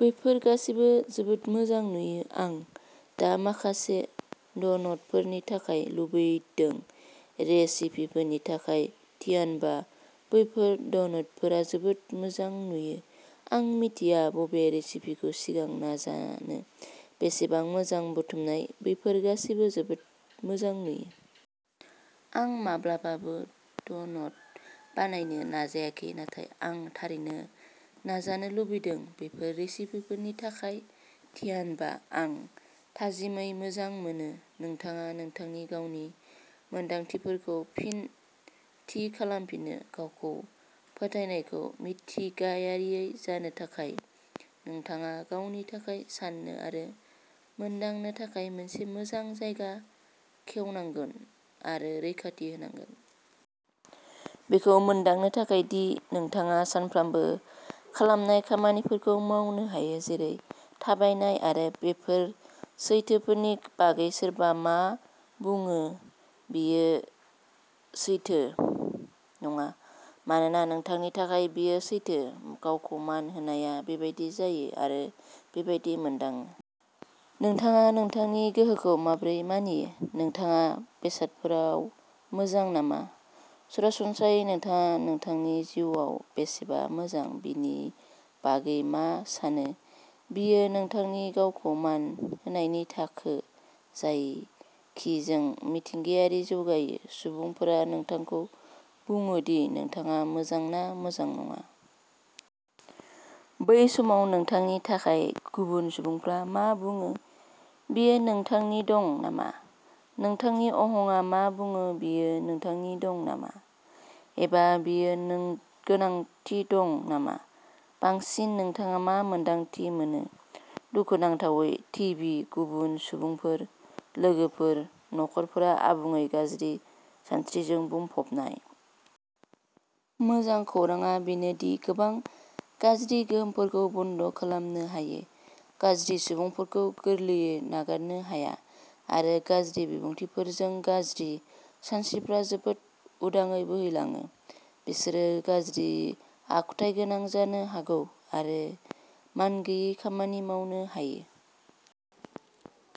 बेफोर गासैबो जोबोद मोजां नुयो, आं दा माखासे ड'नटफोरनि थाखाय लुबैदों। रेसिपिफोरनि थाखाय धन्यबा! बैफोर ड'नटफोरा जोबोद मोजां नुयो। आं मिथिया बबे रेसिपिखौ सिगां नाजानो। बेसेबां मोजां बुथुमनाय। बेफोर गासैबो जोबोद मोजां नुयो। आं माब्लाबाबो ड'नट बानायनो नाजाखिसै नाथाय आं थारैनो नाजानो लुबैदों। बेफोर रेसिपिफोरनि थाखाय धन्यबा! आं थाजिमै मोजां मोनो। नोंथाङा नोंथांनि गावनि मोन्दांथिफोरखौ फिन थि खालामफिनो। गावखौ फोथायनायखौ मिथिंगायारियै जानो थाखाय नोंथाङा गावनि थाखाय साननो आरो मोनदांनो थाखाय मोनसे मोजां जायगा खेवनांगौ आरो रैखाथि होनांगौ। बेखौ मोनदांनो थाखाय दि नोंथाङा सानफ्रोमबो खालामनाय खामानिफोरखौ मावनो हायो, जेरै थाबायनाय आरो बेफोर सैथोफोरनि बागै सोरबा मा बुङो बेयो जेबो नङा मानोना नोंथांनि थाखाय, बेयो सैथो। गावखौ मान होनायआ बेबायदि जायो आरो बेबादि मोनदाङो। नोंथाङा नोंथांनि गोहोखौ माबोरै मानियो। नोंथाङा बेसादफोराव मोजां नामा? सरासनस्रायै, नोंथाङा नोंथांनि जिउआव बेसेबां मोजां बेनि बागै मा सानो। बेयो नोंथांनि गावखौ मान होनायनि थाखो, जाय किजों मिथिंगायारियै जौगायो। सुबुंफोरा नोंथांखौ बुङो दि नोंथाङा मोजां ना मोजां नङा? बे समाव नोंथांनि थाखाय गुबुन सुबुंफोरा मा बुङो बेयो गोनांथि दं नामा? नोंथांनि अहंआ मा बुङो बेयो गोनांथि दं नामा? एबा बेयो गोनांथि दं नामा? बांसिन नोंथाङा मा मोन्दांथि मोनो। दुखुनांथावै, टिभि, गुबुन सुबुंफोर, लोगोफोर, नखरफोरा आबुङै गाज्रि सानस्रिफोरजों बुंफबनाय। मोजां खौरांआ बेनो दि गोबां गाज्रि गोहोमफोरखौ बन्द खालामनो हायो। गाज्रि सुबुंफोरखौ गोरलैयै गारनो हाया आरो गाज्रि बिबुंथिफोरजों गाज्रि सानस्रिफोरा जोबोद उदाङै बोहैलाङो, बिसोरो गाज्रि आखुथायगोनां जानो हागौ आरो मानगैयै खामानि मावनो हायो।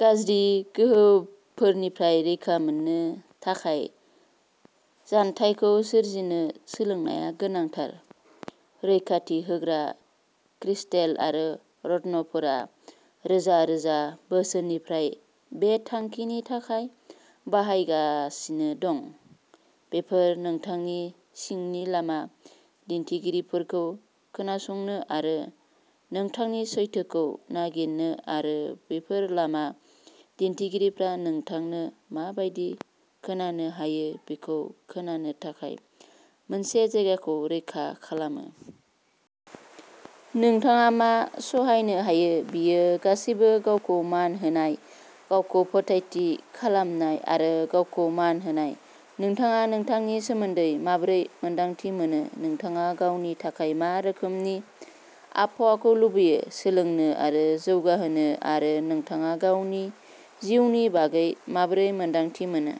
गाज्रि गोहोफोरनिफ्राय रैखा मोननो थाखाय जानथायखौ सोरजिनो सोलोंनाया गोनांथार। रैखाथि होग्रा क्रिस्टेल आरो रत्नफोरा रोजा-रोजा बोसोरफोरनिफ्राय बे थांखिनि थाखाय बाहायजागासिनो दं। बेफोर नोंथांनि सिंनि लामा दिन्थिगिरिफोरखौ खोनासंनो आरो नोंथांनि सैथोखौ नागिरनो आरो बेफोर लामा दिन्थिगिरिफोरा नोंथांनो मा बायदि खोनानो हायो बेखौ खोनानो थाखाय मोनसे जायगाखौ रैखा खालामो। नोंथाङा मा सहायनो हायो बेयो गासैबो गावखौ मान होनाय, गावखौ फोथायथि खालामनाय आरो गावखौ मान होनाय। नोंथाङा नोंथांनि सोमोन्दै माबोरै मोन्दांथि मोनो, नोंथाङा गावनि थाखाय मा रोखोमनि आबहावाखौ लुबैयो, सोलोंनो आरो जौगाहोनो, आरो नोंथाङा गावनि जिउनि बागै माबोरै मोन्दांथि मोनो।